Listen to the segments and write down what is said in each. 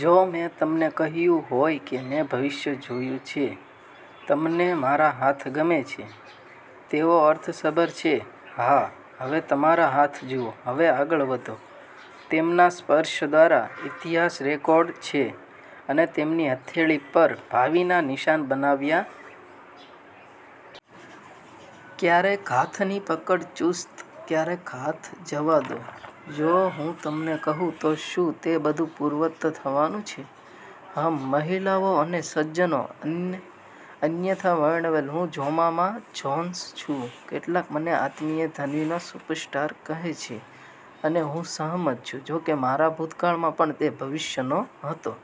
જો મેં તમને કહ્યું હોય કે મેં ભવિષ્ય જોયું છે? તમને મારા હાથ ગમે છે? તેઓ અર્થસભર છે, હા? હવે તમારા હાથ જુઓ હવે આગળ વધો. તેમના સ્પર્શ દ્વારા ઇતિહાસ રેકોર્ડ છે અને તેમની હથેળી પર ભાવિના નિશાન બનાવ્યાં. ક્યારેક હાથની પકડ ચુસ્ત, ક્યારેક હાથ જવા દો. જો હું તમને કહું તો શું તે બધું પૂર્વવત્ થવાનું છે? હમ્. મહિલાઓ અને સજ્જનો અને અન્યથા વર્ણવેલ, હું જોમામા જોન્સ છું. કેટલાક મને આત્મિય ધ્વનિનો સુપરસ્ટાર કહે છે, અને હું સંમત છું, જોકે મારા ભૂતકાળમાં પણ તે ભવિષ્યનો હતો.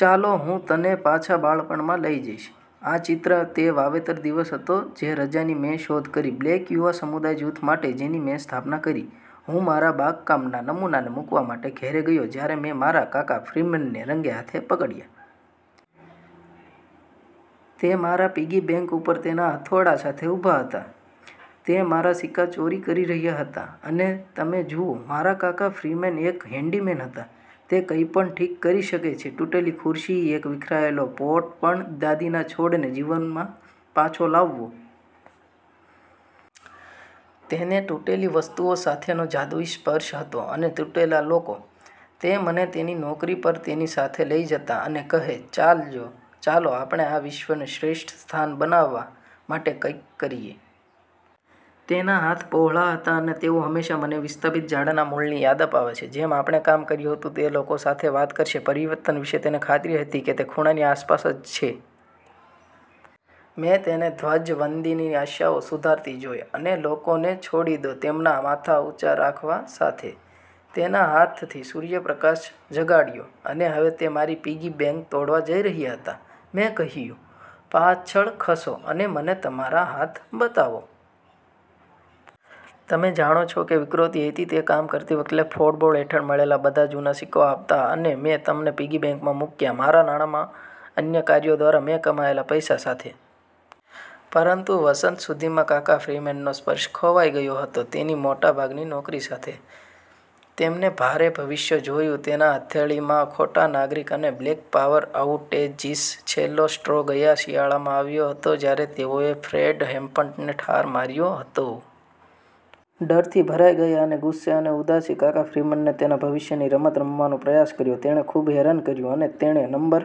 ચાલો હું તને પાછા બાળપણમાં લઈ જઈશ. આ ચિત્ર: તે વાવેતર દિવસ હતો, જે રજા ની મેં શોધ કરી બ્લેક યુવા સમુદાય જૂથ માટે જેની મેં સ્થાપના કરી. હું મારા બાગકામના નમૂનાને મૂકવા માટે ઘેરે રે ગયો જ્યારે મેં મારા કાકા ફ્રીમેનને રંગે હાથ પકડ્યા. તે મારા પિગી બેંક ઉપર તેના હથોડા સાથે ઉભા હતા. તે મારા સિક્કા ચોરી કરી રહ્યા હતા. અને તમે જુઓ, મારા કાકા ફ્રીમેન એક હેન્ડીમેન હતા. તે કંઈપણ ઠીક કરી શકે છે તૂટેલી ખુરશી, એક વિખેરાયેલો પોટ પણ દાદીના છોડને જીવનમાં પાછા લાવવો. તેને તૂટેલી વસ્તુઓ સાથેનો જાદુઈ સ્પર્શ હતો... અને તૂટેલા લોકો. તે મને તેની નોકરી પર તેની સાથે લઈ જતા અને કહે, ચાલ, ચાલો આપણે આ વિશ્વને શ્રેષ્ઠ સ્થાન બનાવવા માટે કંઈક કરીએ. " તેના હાથ પહોળા હતા, અને તેઓ હંમેશાં મને વિસ્થાપિત ઝાડના મૂળની યાદ અપાવે છે. જેમ આપણે કામ કર્યું હતું તે લોકો સાથે વાત કરશે પરિવર્તન વિશે તેને ખાતરી હતી કે તે ખૂણાની આસપાસ જ છે. મેં તેને ધ્વજવંદીની આશાઓ સુધારતી જોઇ અને લોકોને છોડી દો તેમના માથા ઊંચા રાખવા સાથે. તેના હાથથી સૂર્યપ્રકાશ જગાડ્યો. અને હવે તે મારી પિગી બેંક તોડવા જઇ રહ્યા હતા. મેં કહ્યું, "પાછળ ખસો, અને મને તમારા હાથ બતાવો. " તમે જાણો છો કે વક્રોક્તિ હતી તે કામ કરતી વખતે ફ્લોરબોર્ડ્સ હેઠળ મળેલા બધા જૂના સિક્કાઓ આપતા અને મેં તેમને પિગી બેંકમાં મૂક્યા મારા નાણાં માં અન્ય કર્યો દ્વારા મેં કમાયેલા પૈસા સાથે. પરંતુ વસંત સુધીમાં કાકા ફ્રીમેનનો સ્પર્શ ખોવાઈ ગયો હતો... તેની મોટાભાગની નોકરીઓ સાથે. તેમને ભારે ભવિષ્ય જોયું તેના હથેળીમાં ખોટા નાગરિક અને બ્લેક પાવર આઉટેજિસ. છેલ્લો સ્ટ્રો ગયા શિયાળામાં આવ્યો હતો જ્યારે તેઓએ ફ્રેડ હેમ્પટનને ઠાર માર્યો હતો. ડરથી ભરાઈ ગયાં અને ગુસ્સો અને ઉદાસી, કાકા ફ્રીમેને તેના ભવિષ્યની રમત રમવાનો પ્રયાસ કર્યો. તેણે ખૂબ હેરાન કર્યું, અને તેણે નંબર